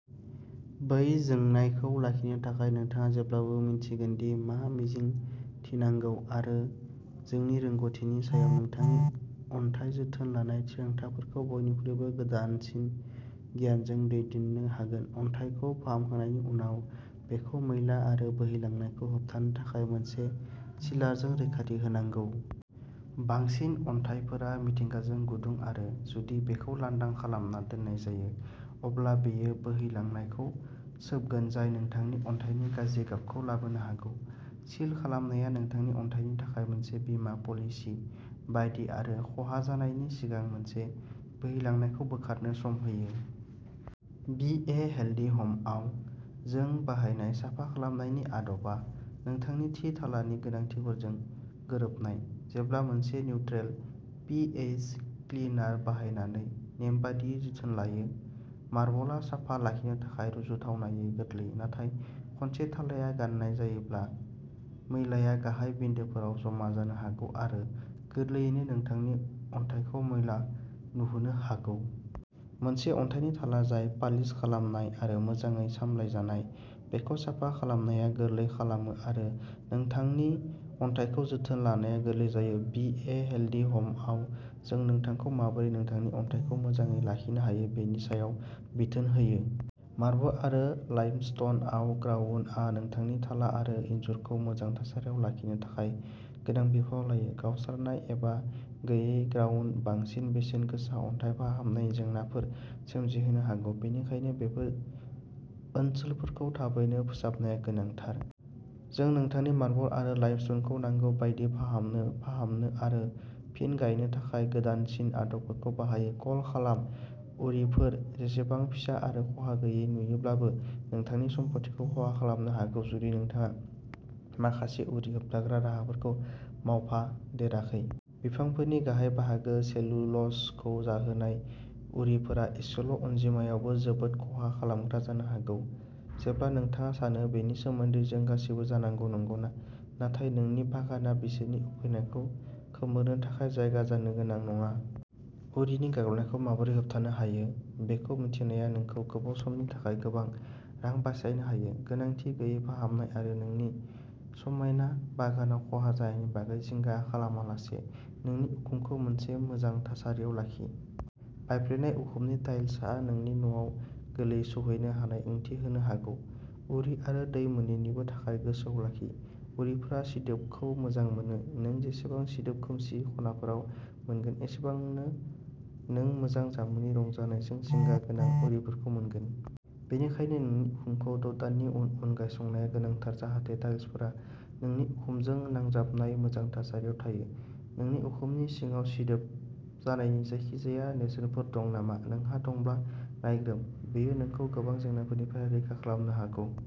बै जोंनायखौ लाखिनो थाखाय नोंथाङा जेब्लाबो मिन्थिगोन दि मा मिजिंथिनांगौ आरो जोंनि रोंग'थिनि सायाव नोंथांनि अन्थाइ जोथोन लानाय थिरांथाफोरखौ बयनिख्रुइबो गोदानसिन गियानजों दैदेननो हागोन। अन्थाइखौ फाहामखांनायनि उनाव, बेखौ मैला आरो बोहैलांनायखौ होबथानो थाखाय मोनसे सिलारजों रैखाथि होनांगौ। बांसिन अन्थाइफोरा मिथिंगाजों गुदुं आरो, जुदि बेखौ लांदां खालामना दोननाय जायो, अब्ला बेयो बोहैलांनायखौ सोबगोन जाय नोंथांनि अन्थाइनि गाज्रि गाबखौ लाबोनो हागौ। सिल खालामनाया नोंथांनि अन्थाइनि थाखाय मोनसे बीमा पलिसि बायदि आरो खहा जानायनि सिगां मोनसे बोहैलांनायखौ बोखारनो सम होयो। बि ए हेल्दी ह'मआव, जों बाहायनाय साफा खालामनायनि आदबा नोंथांनि थि थालानि गोनांथिफोरजों गोरोबनाय। जेब्ला मोनसे निउट्रेल पि एइच क्लिनार बाहायनानै नेमबादियै जोथोन लायो, मार्बलआ साफा लाखिनो थाखाय रुजुथावनायै गोरलै। नाथाय खनसे थालाया गाननाय जायोब्ला, मैलाया गाहाय बिन्दोफोराव जमा जानो हागौ आरो गोरलैयैनो नोंथांनि अन्थाइखौ मैला नुहोनो हागौ। मोनसे अन्थाइनि थाला जाय पालिश खालामनाय आरो मोजाङै सामलायजानाय, बेखौ साफा खालामनाया गोरलै खालामो आरो नोंथांनि अन्थाइखौ जोथोन लानाया गोरलै जायो। बि ए हेल्दी ह'मआव, जों नोंथांखौ माबोरै नोंथांनि अन्थाइखौ मोजाङै लाखिनो हायो बेनि सायाव बिथोन होयो। मार्बल आरो लाइमस्टनआव, ग्राउटआ नोंथांनि थाला आरो इनजुरखौ मोजां थासारियाव लाखिनो थाखाय गोनां बिफाव लायो। गावस्रानाय एबा गैयै ग्राउटआ बांसिन बेसेन गोसा अन्थाइ फाहामनायनि जेंनाफोर सोमजिहोनो हागौ, बेनिखायनो बेफोर ओनसोलफोरखौ थाबैनो फोसाबनाया गोनांथार। जों नोंथांनि मार्बल आरो लाइमस्टनखौ नांगौ बायदि फाहामनो, फाहामनो आरो फिन गायनो थाखाय गोदानसिन आदबफोरखौ बाहायो। कल खालाम उरिफोरा, जेसेबां फिसा आरो खहा गैयै नुयोब्लाबो, नोंथांनि सम्फथिखौ खहा खालामनो हागौ जुदि नोंथाङा माखासे उरि होबथाग्रा राहाफोरखौ मावफादेराखै। बिफांफोरनि गाहाय बाहागो सेलुल'जखौ जाहोनाय, उरिफोरा एसेल' अनजिमायावबो जोबोद खहा खालामग्रा जानो हागौ। जेब्ला नोंथाङा सानो। बेनि सोमोन्दै, जों गासैबो जानांगौ, नंगौना? नाथाय, नोंनि बागाना बिसोरनि उखैनायखौ खोमोरनो थाखाय जायगा जानो गोनां नङा। उरिनि गाग्लोबनायखौ माबोरै होबथानो हायो बेखौ मिन्थिनाया नोंखौ गोबाव समनि थाखाय गोबां रां बासायनो हायो, गोनांथि गैयै फाहामनाय आरो नोंनि समायना बागानाव खहा जानायनि बागै जिंगा खालामालासे। नोंनि उखुमखौ मोनसे मोजां थासारियाव लाखि। बायफ्लेनाय उखुमनि टाइल्सआ नोंनि न'आव गोरलैयै सौहैनो हानाय ओंथि होनो हागौ, उरि आरो दै मोननैनिबो थाखाय। गोसोआव लाखि, उरिफोरा सिदोबखौ मोजां मोनो। नों जेसेबां सिदोब खोमसि खनाफोराव मोनगोन, एसेबांनो नों मोजां जामुंनि रंजानायजों जिंगा गोनां उरिफोरखौ मोनगोन। बेनिखायनो, नोंनि उखुमखौ द' दाननि उन उन नायसंनाया गोनांथार जाहाथे टाइल्सफोरा नोंनि उखुमजों नांजाबनाय मोजां थासारियाव थायो। नोंनि उखुमनि सिङाव सिदोब जानायनि जायखिजाया नेरसोनफोर दं नामा, नोंहा दङब्ला नायग्रोम। बेयो नोंखौ गोबां जेंनाफोरनिफ्राय रैखा खालामनो हागौ।